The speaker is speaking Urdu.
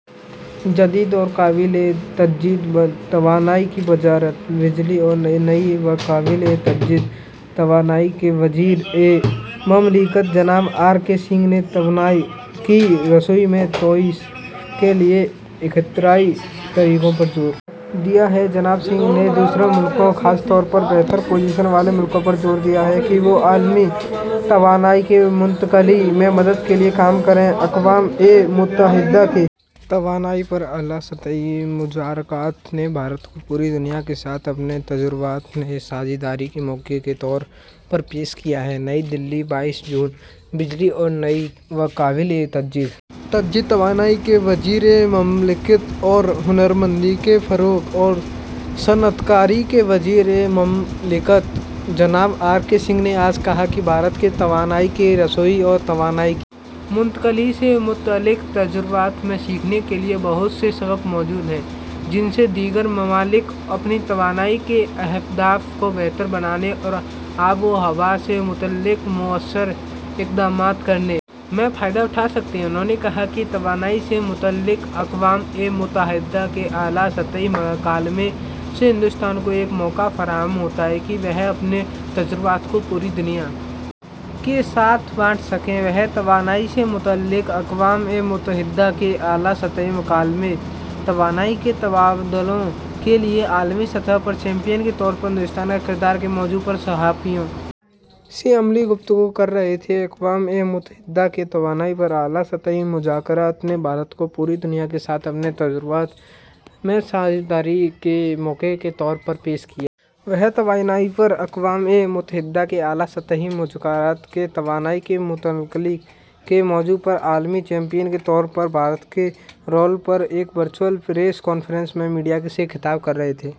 جدید اور قابل تجدید توانائی کی وزارت بجلی اور نئی و قابل تجدید توانائی کے وزیر مملکت جناب آر کے سنگھ نے توانائی کی رسائی میں توسیع کے لیے اختراعی طریقوں پر زور دیا ہے جناب سنگھ نے دوسرے ملکوں خاص طور پر بہتر پوزیشن والے ملکوں پر زور دیا ہے کہ وہ عالمی توانائی کی منتقلی میں مدد کے لیے کام کریں اقوام متحدہ کے توانائی پر اعلیٰ سطحی مذاکرات نے بھارت کو پوری دنیا کے ساتھ اپنے تجربات میں ساجھیداری کے موقع کے طور پر پیش کیا ہے نئی دہلی بائیس جون بجلی اور نئی و قابل تجدید توانائی کے وزیر مملکت اور ہنر مندی کے فروغ اور صنعت کاری کے وزیر مملکت جناب آر کے سنگھ نے آج کہا ہے کہ بھارت کی توانائی کی رسائی اور توانائی کی منتقلی سے متعلق تجربات میں سیکھنے کے لیے بہت سے سبق موجود ہیں جن سے دیگر ممالک اپنی توانائی کے اہداف کو بہتر بنانے اور آب و ہوا سے متعلق موثر اقدامات کرنے میں فائدہ اٹھا سکتے ہیں انہوں نے کہا کہ توانائی سے متعلق اقوام متحدہ کے اعلیٰ سطحی مکالمے سے ہندوستان کو ایک موقع فراہم ہوتا ہے کہ وہ اپنے تجربات کو پوری دنیا کے ساتھ بانٹ سکے وہ توانائی سے متعلق اقوام متحدہ کے اعلیٰ سطحی مکالمے توانائی کے تبادلوں کے لیے عالمی سطح پر چیمپئن کے طور پر ہندوستان کا کردار کے موضوع پر صحافیوں سے عملی گفتگو کر رہے تھے اقوام متحدہ کے توانائی پر اعلیٰ سطحی مذاکرات نے بھارت کو پوری دنیا کے ساتھ اپنے تجربات میں ساجھیداری کے موقع کے طور پر پیش کیا ہے وہ توانائی پر اقوام متحدہ کے اعلیٰ سطحی مذاکرات کے توانائی کی منتقلی کے موضوع پر عالمی چیمپئن کے طور پر بھارت کے رول پر ایک ورچوئل پریس کانفرنس میں میڈیا سے خطاب کر رہے تھے